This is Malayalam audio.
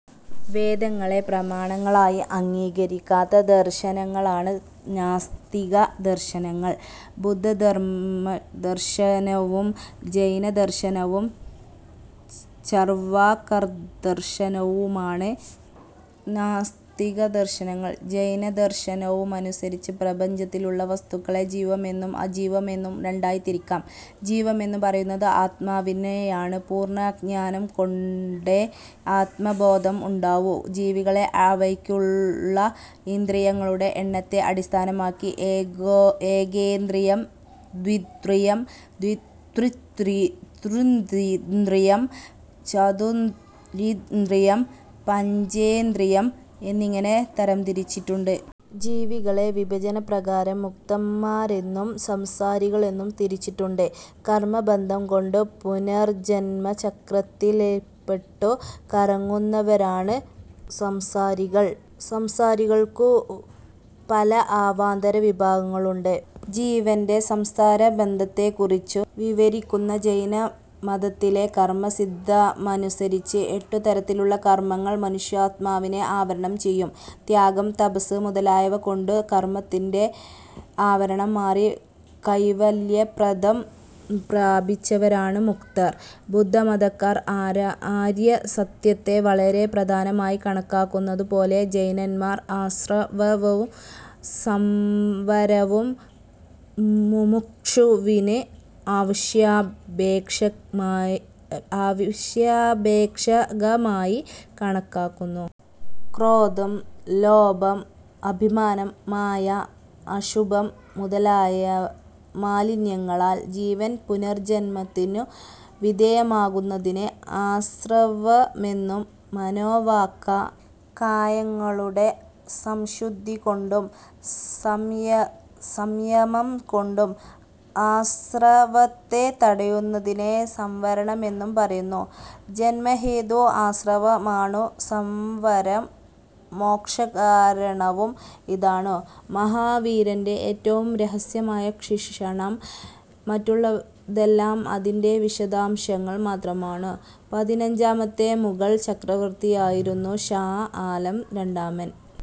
വേദങ്ങളെ പ്രമാണങ്ങളായി അംഗീകരിക്കാത്ത ദർശനങ്ങളാണ് നാസ്തിക ദർശനങ്ങൾ. ബുദ്ധദർശനവും ജൈനദർശനവും ചർവാകദർശനവുമാണ് നാസ്തിക ദർശനങ്ങൾ. ജൈനദർശനമനുസരിച്ച് പ്രപഞ്ചത്തിലുള്ള വസ്തുക്കളെ ജീവമെന്നും അജീവമെന്നും രണ്ടായി തിരിക്കാം. ജീവമെന്നു പറയുന്നത് ആത്മാവിനെയാണു. പൂർണ്ണജ്ഞാനം കൊണ്ടേ ആത്മബോധം ഉണ്ടാവൂ. ജീവികളെ അവയ്ക്കുള്ള ഇന്ദ്രിയങ്ങളുടെ എണ്ണത്തെ അടിസ്ഥാനമാക്കി ഏകേന്ദ്രിയം, ദ്വിന്ദ്രിയം, ത്രിത്തി ത്രീന്ദ്രിയം, ചതുരിന്ദ്രിയം, പഞ്ചേന്ദ്രിയം എന്നിങ്ങനെ തരം തിരിച്ചിട്ടുണ്ട്. ജീവികളെ വിഭജനപ്രകാരം മുക്തന്മാരെന്നും സംസാരികളെന്നും തിരിച്ചിട്ടുണ്ട്. കർമ്മബന്ധം കൊണ്ടു പുനർജ്ജന്മചക്രത്തില്പെട്ടു കറങ്ങുന്നവരാണു സംസാരികൾ. സംസാരികൾക്കു പല അവാന്തരവിഭാഗങ്ങളുണ്ട്. ജീവന്റെ സംസാരബന്ധത്തെക്കുറിച്ചു വിവരിക്കുന്ന ജൈനമതത്തിലെ കർമ്മസിദ്ധാന്തമനുസരിച്ച് എട്ടുതരത്തിലുള്ള കർമ്മങ്ങൾ മനുഷ്യാത്മാവിനെ ആവരണം ചെയ്യും. ത്യാഗം, തപസ്സ് മുതലായവകൊണ്ടു കർമ്മത്തിന്റെ ആവരണം മാറി കൈവല്യപ്രദം പ്രാപിച്ചവരാണു മുക്തർ. ബുദ്ധമതക്കാർ ആര്യസത്യത്തെ വളരെ പ്രധാനമായി കണക്കാക്കുന്നതുപോലെ, ജൈനന്മാർ ആസ്രവവും സംവരവും മുമുക്ഷുവിന് അവശ്യാപേക്ഷകമായി കണക്കാക്കുന്നു. ക്രോധം, ലോഭം, അഭിമാനം മായ, അശുഭം, മുതലായ മാലിന്യങ്ങളാൽ ജീവൻ പുനർജ്ജന്മത്തിനു വിധേയമാകുന്നതിനെ ആസ്രവമെന്നും, മനോവാക്കായങ്ങളുടെ സംശുദ്ധികൊണ്ടും, സമയ സംയമംകൊണ്ടും, ആസ്രവത്തെ തടയുന്നതിനെ സംവരമെന്നും പറയുന്നു. " ജന്മഹേതു ആസ്രവമാണു; സംവരം മോക്ഷകാരണവും. ഇതാണു മഹാവീരന്റെ ഏറ്റവും രഹസ്യമായ ശിക്ഷണം. മറ്റുള്ളതെല്ലാം അതിന്റെ വിശദാംശങ്ങൾ മാത്രമാണു". പതിനഞ്ചാമത്തെ മുഗൾ ചക്രവർത്തിയായിരുന്നു ഷാ ആലം രണ്ടാമൻ.